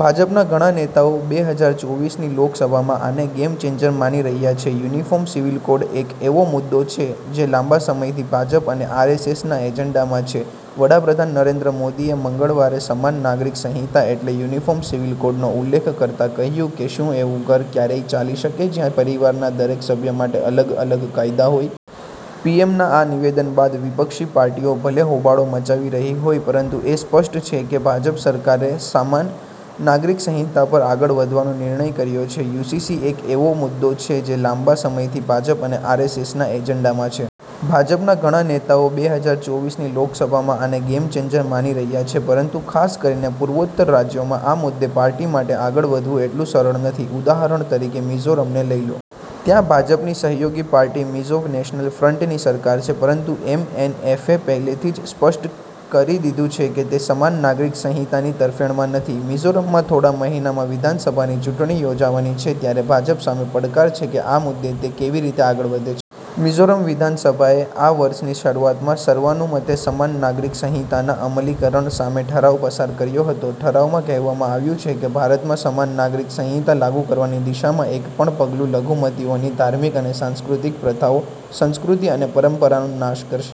ભાજપના ઘણા નેતાઓ બે હજાર ચોવીસ ની લોકસભામાં આને ગેમ ચેન્જર માની રહ્યા છે યૂનિફોર્મ સિવિલ કોડ એક એવો મુદ્દો છે જે લાંબા સમયથી ભાજપ અને આરએસએસના એજન્ડામાં છે વડાપ્રધાન નરેન્દ્ર મોદીએ મંગળવારે સમાન નાગરિક સંહિતા એટલે યૂનિફોર્મ સિવિલ કોડનો ઉલ્લેખ કરતા કહ્યું કે શું એવું ઘર ક્યારેય ચાલી શકે જ્યાં પરિવારના દરેક સભ્ય માટે અલગ અલગ કાયદા હોય? પીએમના આ નિવેદન બાદ વિપક્ષી પાર્ટીઓ ભલે હોબાળો મચાવી રહી હોય પરંતુ એ સ્પષ્ટ છે કે ભાજપ સરકારે સમાન નાગરિક સંહિતા પર આગળ વધવાનો નિર્ણય કર્યો છે. યુસીસી એક એવો મુદ્દો છે જે લાંબા સમયથી ભાજપ અને આરએસએસના એજન્ડામાં છે. ભાજપના ઘણા નેતાઓ બે હજાર ચોવીસ ની લોકસભામાં આને ગેમ ચેન્જર માની રહ્યા છે, પરંતુ ખાસ કરીને પૂર્વોત્તર રાજ્યોમાં આ મુદ્દે પાર્ટી માટે આગળ વધવું એટલું સરળ નથી. ઉદાહરણ તરીકે મિઝોરમને લઇ લો. ત્યાં ભાજપની સહયોગી પાર્ટી મિઝો નેશનલ ફ્રન્ટ ની સરકાર છે. પરંતુ એમએનએફે પહેલેથી જ સ્પષ્ટ કરી દીધું છે કે તે સમાન નાગરિક સંહિતાની તરફેણમાં નથી. મિઝોરમમાં થોડા મહિનામાં વિધાનસભાની ચૂંટણી યોજાવાની છે ત્યારે ભાજપ સામે પડકાર છે કે આ મુદ્દે તે કેવી રીતે આગળ વધે છે. મિઝોરમ વિધાનસભાએ આ વર્ષની શરૂઆતમાં સર્વાનુમતે સમાન નાગરિક સંહિતાના અમલીકરણ સામે ઠરાવ પસાર કર્યો હતો. ઠરાવમાં કહેવામાં આવ્યું છે કે ભારતમાં સમાન નાગરિક સંહિતા લાગુ કરવાની દિશામાં એક પણ પગલું લઘુમતીઓની ધાર્મિક અને સાંસ્કૃતિક પ્રથાઓ, સંસ્કૃતિ અને પરંપરાનો નાશ કરશે.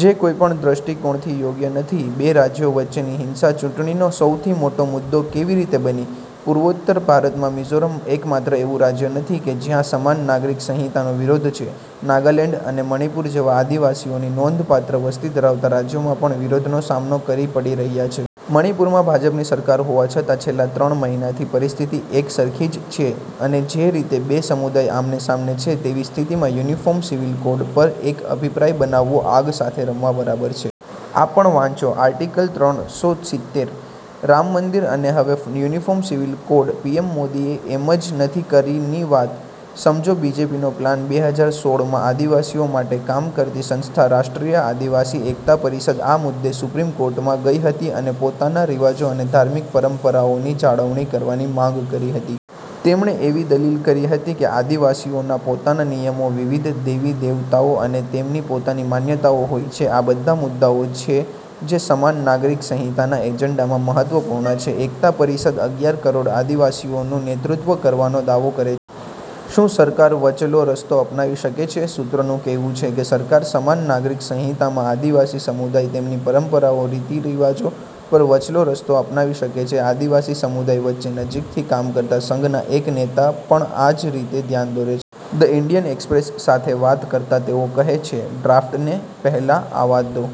જે કોઈ પણ દૃષ્ટિકોણથી યોગ્ય નથી. બે રાજ્યો વચ્ચેની હિંસા ચૂંટણીનો સૌથી મોટો મુદ્દો કેવી રીતે બની? પૂર્વોત્તર ભારતમાં મિઝોરમ એકમાત્ર એવું રાજ્ય નથી કે જ્યાં સમાન નાગરિક સંહિતાનો વિરોધ છે. નાગાલેન્ડ અને મણિપુર જેવા આદિવાસીઓની નોંધપાત્ર વસ્તી ધરાવતાં રાજ્યોમાં પણ વિરોધનો સામનો કરી પડી રહ્યાં છે. મણિપુરમાં ભાજપની સરકાર હોવા છતાં છેલ્લા ત્રણ મહિનાથી પરિસ્થિતિ એક સરખી જ છે અને જે રીતે બે સમુદાય આમને સામને છે. તેવી સ્થિતિમાં યુનિફોર્મ સિવિલ કોડ પર એક અભિપ્રાય બનાવવો આગ સાથે રમવા બરાબર છે. આ પણ વાંચો આર્ટિકલ ત્રણ સો સિત્તેર, રામ મંદિર અને હવે યૂનિફોર્મ સિવિલ કોડ, પીએમ મોદીએ એમ જ નથી કરી ની વાત, સમજો બીજેપીનો પ્લાન બે હજાર સોળ માં આદિવાસીઓ માટે કામ કરતી સંસ્થા રાષ્ટ્રીય આદિવાસી એકતા પરિષદ આ મુદ્દે સુપ્રીમ કોર્ટમાં ગઈ હતી અને પોતાના રિવાજો અને ધાર્મિક પરંપરાઓ ની જાળવણી કરવાની માંગ કરી હતી. તેમણે એવી દલીલ કરી હતી કે આદિવાસીઓના પોતાના નિયમો, વિવિધ દેવી-દેવતાઓ અને તેમની પોતાની માન્યતાઓ હોય છે. આ બધા મુદ્દાઓ છે જે સમાન નાગરિક સંહિતાના એજન્ડામાં મહત્વપૂર્ણ છે. એકતા પરિષદ અગિયાર કરોડ આદિવાસીઓનું નેતૃત્વ કરવાનો દાવો કરે છે. શું સરકાર વચલો રસ્તો અપનાવી શકે છે? સૂત્રોનું કહેવું છે કે સરકાર સમાન નાગરિક સંહિતામાં આદિવાસી સમુદાય, તેમની પરંપરાઓ, રીતરિવાજો પર વચલો રસ્તો અપનાવી શકે છે. આદિવાસી સમુદાય વચ્ચે નજીકથી કામ કરતા સંઘના એક નેતા પણ આ જ રીતે ધ્યાન દોરે છે. ધ ઇન્ડિયન એક્સપ્રેસ સાથે વાત કરતા તેઓ કહે છે ડ્રાફ્ટને પહેલા આવવા દો.